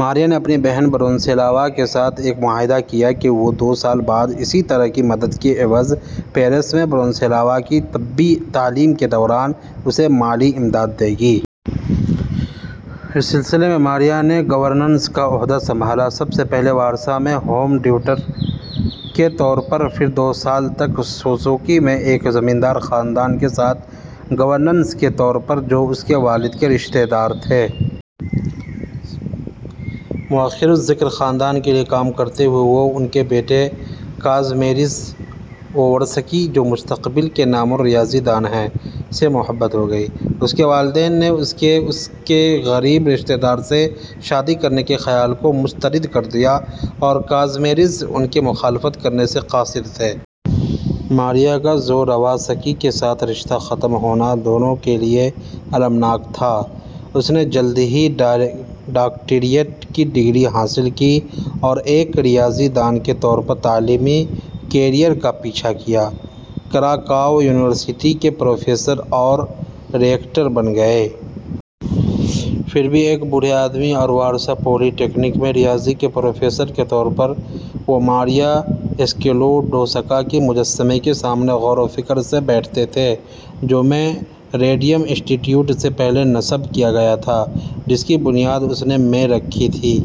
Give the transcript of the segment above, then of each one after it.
ماریا نے اپنی بہن، برونیسلاوا کے ساتھ ایک معاہدہ کیا کہ وہ دو سال بعد اسی طرح کی مدد کے عوض پیرس میں برونیسلاوا کی طبی تعلیم کے دوران اسے مالی امداد دے گی۔ اس سلسلے میں، ماریہ نے گورننس کا عہدہ سنبھالا: سب سے پہلے وارسا میں ہوم ٹیوٹر کے طور پر؛ پھر دو سال تک سوزوکی میں ایک زمیندار خاندان کے ساتھ گورننس کے طور پر، جو اس کے والد کے رشتہ دار تھے۔ مؤخر الذکر خاندان کے لیے کام کرتے ہوئے، وہ ان کے بیٹے، کازیمیرز اوورسکی، جو مستقبل کے نامور ریاضی دان ہیں، سے محبت ہو گئی۔ اس کے والدین نے اس کے اس کے غریب رشتہ دار سے شادی کرنے کے خیال کو مسترد کر دیا اور کازیمیرز ان کی مخالفت کرنے سے قاصر تھے۔ ماریا کا زوراوسکی کے ساتھ رشتہ ختم ہونا دونوں کے لیے المناک تھا۔ اس نے جلد ہی ڈاکٹریٹ کی ڈگری حاصل کی اور ایک ریاضی دان کے طور پر تعلیمی کیریئر کا پیچھا کیا، کراکاؤ یونیورسٹی کے پروفیسر اور ریکٹر بن گئے۔ پھر بھی، ایک بوڑھے آدمی اور وارسا پولی ٹیکنک میں ریاضی کے پروفیسر کے طور پر، وہ ماریہ سکلوڈوسکا کے مجسمے کے سامنے غور و فکر سے بیٹھتے تھے جو میں ریڈیم انسٹی ٹیوٹ سے پہلے نصب کیا گیا تھا، جس کی بنیاد اس نے میں رکھی تھی۔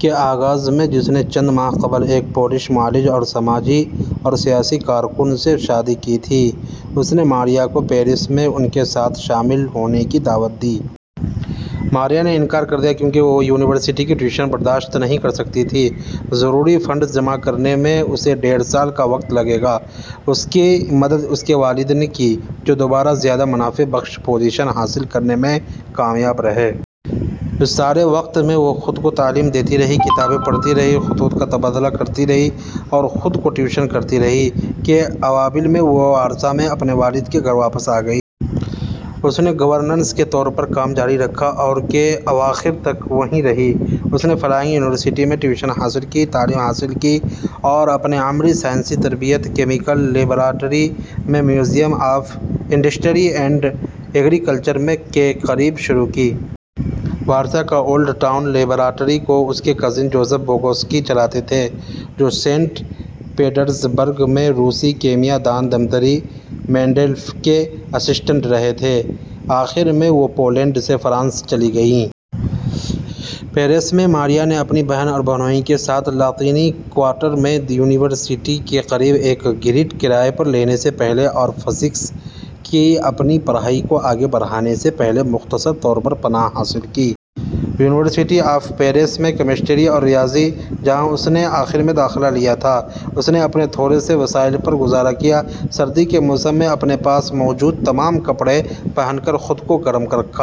کے آغاز میں، جس نے چند ماہ قبل ایک پولش معالج اور سماجی اور سیاسی کارکن، سے شادی کی تھی، نے ماریا کو پیرس میں ان کے ساتھ شامل ہونے کی دعوت دی۔ ماریہ نے انکار کر دیا کیونکہ وہ یونیورسٹی کی ٹیوشن برداشت نہیں کر سکتی تھی۔ ضروری فنڈز جمع کرنے میں اسے ڈیڑھ سال کا وقت لگے گا۔ اس کی مدد اس کے والد نے کی، جو دوبارہ زیادہ منافع بخش پوزیشن حاصل کرنے میں کامیاب رہے۔ اس سارے وقت میں وہ خود کو تعلیم دیتی رہی، کتابیں پڑھتی رہی، خطوط کا تبادلہ کرتی رہی اور خود کو ٹیوشن کرتی رہی۔ کے اوائل میں وہ وارسا میں اپنے والد کے گھر واپس آگئی۔ اس نے گورننس کے طور پر کام جاری رکھا اور کے اواخر تک وہیں رہی۔ اس نے فلائنگ یونیورسٹی میں ٹیوشن حاصل کی، تعلیم حاصل کی اور اپنی عملی سائنسی تربیت کیمیکل لیبارٹری میں museum of industry and agriculture میں کے قریب شروع کی۔ وارسا کا اولڈ ٹاؤن۔ لیبارٹری کو اس کے کزن جوزف بوگوسکی چلاتے تھے، جو سینٹ پیٹرزبرگ میں روسی کیمیا دان دمتری مینڈیلیف کے اسسٹنٹ رہے تھے۔ کے آخر میں، وہ پولینڈ سے فرانس چلی گئیں۔ پیرس میں، ماریا نے اپنی بہن اور بہنوئی کے ساتھ لاطینی کوارٹر میں، یونیورسٹی کے قریب ایک گیرٹ کرائے پر لینے سے پہلے اور فزکس کی اپنی پڑھائی کو آگے بڑھانے سے پہلے مختصر طور پر پناہ حاصل کی۔ یونیورسٹی آف پیرس میں کیمسٹری اور ریاضی، جہاں اس نے کے آخر میں داخلہ لیا تھا۔ اس نے اپنے تھوڑے سے وسائل پر گزارہ کیا، سردی کے موسم میں اپنے پاس موجود تمام کپڑے پہن کر خود کو گرم رکھا۔